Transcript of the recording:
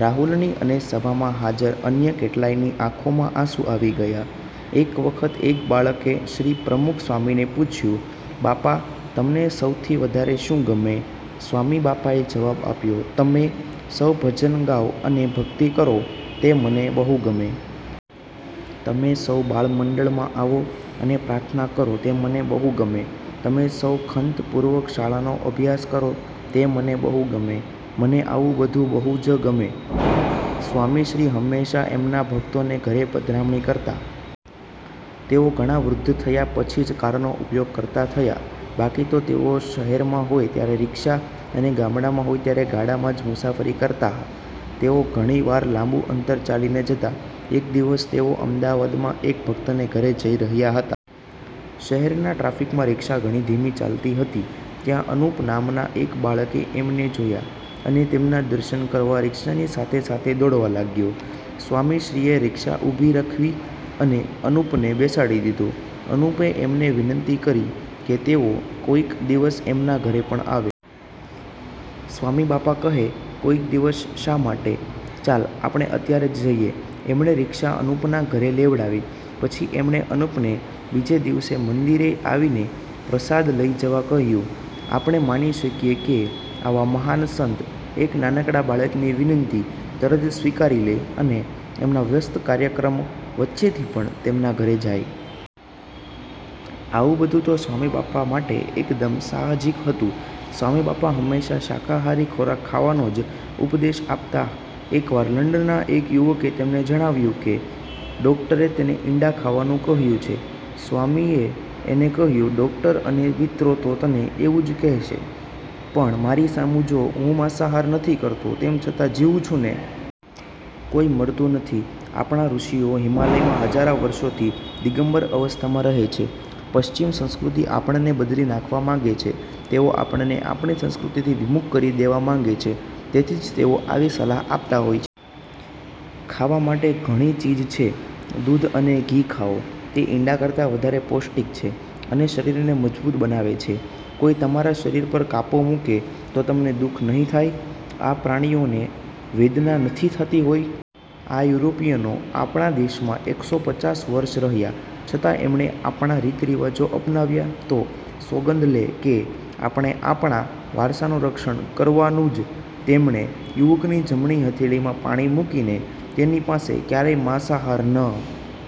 રાહુલની અને સભામાં હાજર અન્ય કેટલાયની આંખોમાં આંસુ આવી ગયા. એક વખત એક બાળકે શ્રી. પ્રમુખ સ્વામીને પૂછ્યું, બાપા, તમને સૌથી વધારે શું ગમે? સ્વામી બાપાએ જવાબ આપ્યો, તમે સૌ ભજન ગાવ અને ભક્તિ કરો, તે મને બહુ ગમે. તમે સૌ બાળમંડળમાં આવો અને પ્રાર્થના કરો, તે મને બહુ ગમે. તમે સૌ ખંતપૂર્વક શાળાનો અભ્યાસ કરો, તે મને બહુ ગમે. મને આવું બધું બહુ જ ગમે. સ્વામીશ્રી હંમેશા એમના ભક્તોને ઘરે પધરામણી કરતા. તેઓ ઘણા વૃદ્ધ થયા પછી જ કારનો ઉપયોગ કરતા થયા. બાકી તો તેઓ શહેરમાં હોય ત્યારે રીક્ષા, અને ગામડામાં હોય ત્યારે ગાડામાં જ મુસાફરી કરતા. તેઓ ઘણી વાર લાબું અંતર ચાલીને જતા. એક દિવસ તેઓ અમદાવાદમાં એક ભક્તને ઘરે જઈ રહ્યા હતા. શહેરના ટ્રાફિકમાં રીક્ષા ઘણી ધીમી ચાલતી હતી. ત્યાં અનુપ નામના એક બાળકે એમને જોયા અને તેમના દર્શન કરવા રીક્ષાની સાથે-સાથે દોડવા લાગ્યો. સ્વામીશ્રીએ રીક્ષા ઉભી રખવી અને અનુપને બેસાડી દીધો. અનુપે એમને વિનંતી કરી કે તેઓ કોઈક દિવસ એમના ઘરે પણ આવે. સ્વામીબાપા કહે, કોઈક દિવસ શા માટે? ચાલ, આપણે અત્યારે જ જઇએ. એમણે રીક્ષા અનુપના ઘરે લેવડાવી. પછી એમણે અનુપને બીજે દિવસે મંદિરે આવીને પ્રસાદ લઇ જવા કહ્યું. આપણે માની શકીએ કે આવા મહાન સંત એક નાનકડા બાળકની વિનંતી તરત જ સ્વીકારી લે, અને એમના વ્યસ્ત કાર્યક્રમ વચ્ચેથી પણ તેના ઘરે જાય. આવું બધું તો સ્વામીબાપા માટે એકદમ સાહજિક હતું. સ્વામીબાપા હંમેશા શાકાહારી ખોરાક ખાવાનો જ ઉપદેશ આપતા. એક વાર લંડનના એક યુવકે તેમને જણાવ્યું કે ડોક્ટરે તેને ઈંડાં ખાવાનું કહ્યું છે. સ્વામીએ એને કહ્યું, ડોકટર અને મિત્રો તો તને એવું જ કહેશે, પણ મારી સામુ જો, હું માંસાહાર નથી કરતો તેમ છતાં જીવું છું ને? કોઈ મરતું નથી. આપણા ઋષિઓ હિમાલયમાં હજારા વર્ષોથી દિગંબર અવસ્થામાં રહે છે. પશ્ચિમ સંસ્કૃતિ આપણને બદલી નાખવા માંગે છે. તેઓ આપણને આપણી સંસ્કૃતિથી વિમુખ કરી દેવા માંગે છે. તેથી જ તેઓ આવી સલાહ આપતા હોય છે. ખાવા માટે ઘણી ચીજ છે. દૂધ અને ઘી ખાઓ, તે ઈંડાં કરતાં વધારે પૌષ્ટિક છે, અને શરીરને મજબૂત બનાવે છે. કોઈ તમારા શરીર પર કાપો મૂકે તો તમને દુઃખ નહીં થાય? આ પ્રાણીઓને વેદના નથી થતી હોય? આ યુરોપિયનો આપણા દેશમાં એકસો પચાસ વર્ષ રહ્યા, છતાં એમણે આપણા રીત રિવાજ અપનાવ્યા? તો સોગંદ લે કે આપણે આપણા વારસાનું રક્ષણ કરવાનું જ. તેમણે તે યુવકની જમણી હથેળીમાં પાણી મૂકીને તેની પાસે ક્યારેય માંસાહાર ન